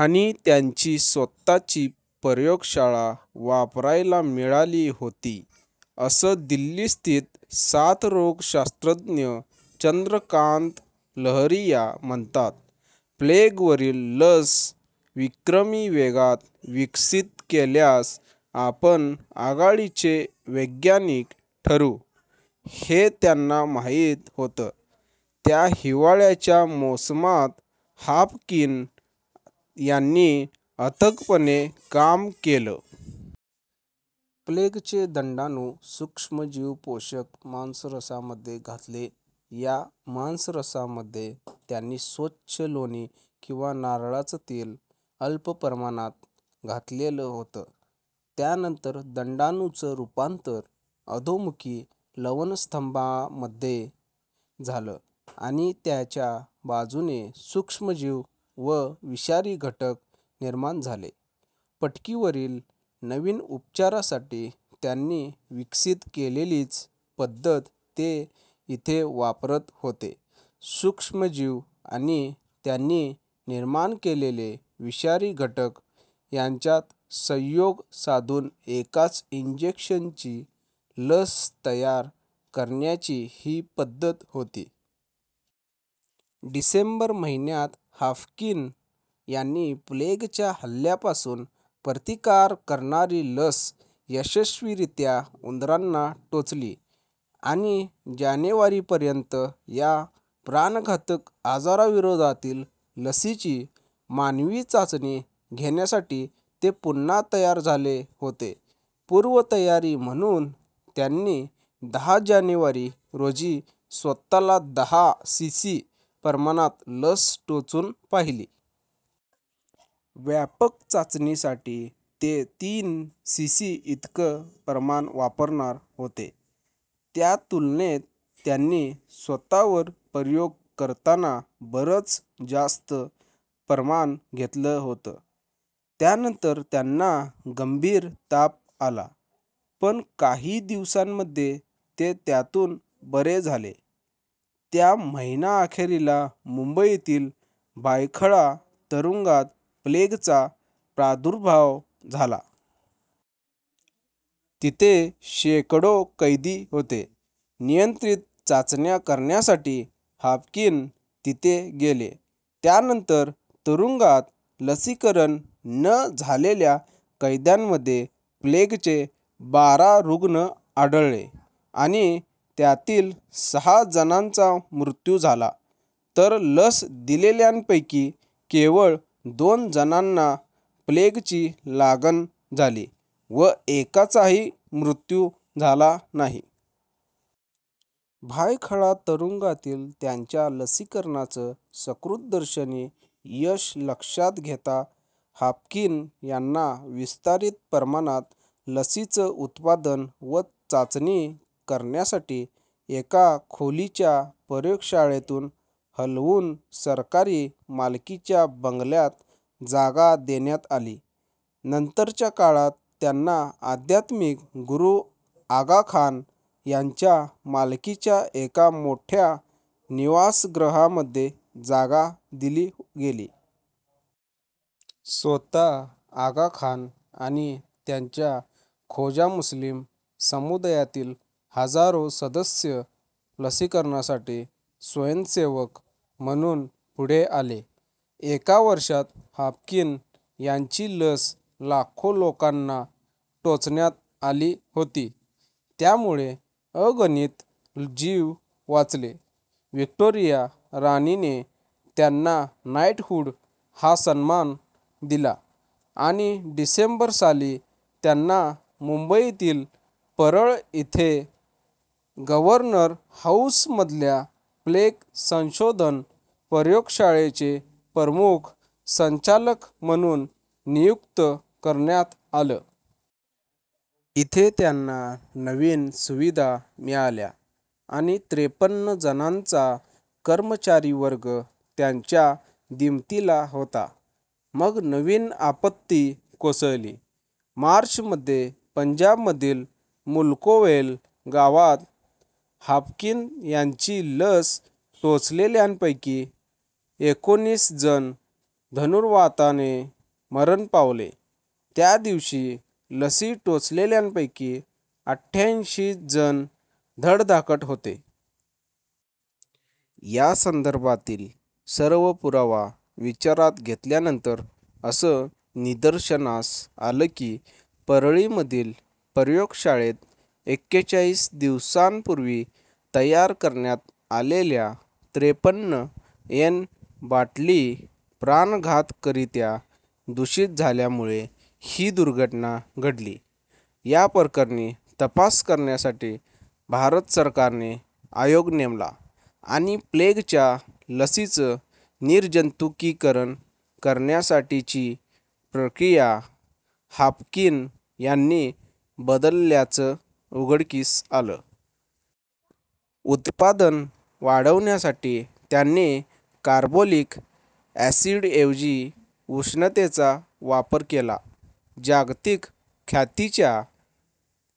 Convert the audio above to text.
आणि त्यांची स्वतःची प्रयोगशाळा वापरायला मिळाली होती, असं दिल्लीस्थित साथरोगशास्त्रज्ञ चंद्रकांत लहरिया म्हणतात. प्लेगवरील लस विक्रमी वेगात विकसित केल्यास आपण आघाडीचे वैज्ञानिक ठरू, हे त्यांना माहीत होतं. त्या हिवाळ्याच्या मोसमात हाफकिन यांनी अथकपणे काम केलं. प्लेगचे दंडाणू सूक्ष्मजीवपोषक मांसरसामध्ये घातले, या मांसरसामध्ये त्यांनी स्वच्छ लोणी किंवा नारळाचं तेल अल्प प्रमाणात घातलेलं होतं, त्यानंतर दंडाणुचं रूपांतर अधोमुखी लवणस्तंभामध्ये झालं, आणि त्याच्या बाजूने सूक्ष्मजीव व विषारी घटक निर्माण झाले. पटकीवरील नवीन उपचारासाठी त्यांनी विकसित केलेलीच पद्धत ते इथे वापरत होते सूक्ष्मजीव आणि त्यांनी निर्माण केलेले विषारी घटक यांच्यात संयोग साधून एकाच इंजेक्शनची लस तयार करण्याची ही पद्धत होती. डिसेंबर महिन्यात हाफकिन यांनी प्लेगच्या हल्ल्यापासून प्रतिकार करणारी लस यशस्वीरित्या उंदरांना टोचली आणि जानेवारी पर्यंत या प्राणघातक आजाराविरोधातील लसीची मानवी चाचणी घेण्यासाठी ते पुन्हा तयार झाले होते. पूर्वतयारी म्हणून त्यांनी दहा जानेवारी रोजी स्वतःला दहा सीसी प्रमाणात लस टोचून पाहिली. व्यापक चाचणीसाठी ते तीन सीसी इतकं प्रमाण वापरणार होते, त्या तुलनेत त्यांनी स्वतःवर प्रयोग करताना बरंच जास्त प्रमाण घेतलं होतं. यानंतर त्यांना गंभीर ताप आला, पण काही दिवसांमध्ये ते त्यातून बरे झाले. त्या महिन्याअखेरीला मुंबईतील भायखळा तुरुंगात प्लेगचा प्रादुर्भाव झाला. तिथे शेकडो कैदी होते. नियंत्रित चाचण्या करण्यासाठी हाफकिन तिथे गेले. त्यानंतर तुरुंगात लसीकरण न झालेल्या कैद्यांमध्ये प्लेगचे बारा रुग्ण आढळले आणि त्यातील सहा जणांचा मृत्यू झाला, तर लस दिलेल्यांपैकी केवळ दोन जणांना प्लेगची लागण झाली, व एकाचाही मृत्यू झाला नाही. भायखळा तुरुंगातील त्यांच्या लसीकरणाचं सकृत्दर्शनी यश लक्षात घेता हाफकिन यांना विस्तारीत प्रमाणात लसीचं उत्पादन व चाचणी करण्यासाठी एका खोलीच्या प्रयोगशाळेतून हलवून सरकारी मालकीच्या बंगल्यात जागा देण्यात आली. नंतरच्या काळात त्यांना अध्यात्मिक गुरू आगा खान यांच्या मालकीच्या एका मोठ्या निवासगृहामध्ये जागा दिली गेली. स्वतः आगा खान आणि त्यांच्या खोजा मुस्लीम समुदायातील हजारो सदस्य लसीकरणासाठी स्वयंसेवक म्हणून पुढे आले. एका वर्षात हाफकिन यांची लस लाखो लोकांना टोचण्यात आली होती, त्यामुळे अगणित जीव वाचले. व्हिक्टोरिया राणीने त्यांना नाइटहूड हा सन्मान दिला आणि डिसेंबर साली त्यांना मुंबईतील परळ इथे गव्हर्नर हाऊसमधल्या प्लेग संशोधन प्रयोगशाळेचे प्रमुख संचालक म्हणून नियुक्त करण्यात आलं. इथे त्यांना नवीन सुविधा मिळाल्या आणि त्रेपन्न जणांचा कर्मचारीवर्ग त्यांच्या दिमतीला होता. मग नवीन आपत्ती कोसळली. मार्च मध्ये पंजाबमधील मुल्कोवेल गावात हाफकिन यांची लस टोचलेल्यांपैकी एकोणीस जण धनुर्वाताने मरण पावले. त्या दिवशी लसी टोचलेल्यांपैकी अठ्ठ्याऐंशी जण धडधाकट होते. या संदर्भातील सर्व पुरावा विचारात घेतल्यानंतर असं निदर्शनास आलं की, परळमधील प्रयोगशाळेत एक्केचाळीस दिवसांपूर्वी तयार करण्यात आलेल्या त्रेपन्न एन बाटली प्राणघातकरित्या दूषित झाल्यामुळे ही दुर्घटना घडली. या प्रकरणी तपास करण्यासाठी भारत सरकारने आयोग नेमला, आणि प्लेगच्या लसीचं निर्जंतुकीकरण करण्यासाठीची प्रक्रिया हाफकिन यांनी बदलल्याचं उघडकीस आलं. उत्पादन वाढवण्यासाठी त्यांनी कार्बोलिक ॲसिडऐवजी उष्णतेचा वापर केला. जागतिक ख्यातीच्या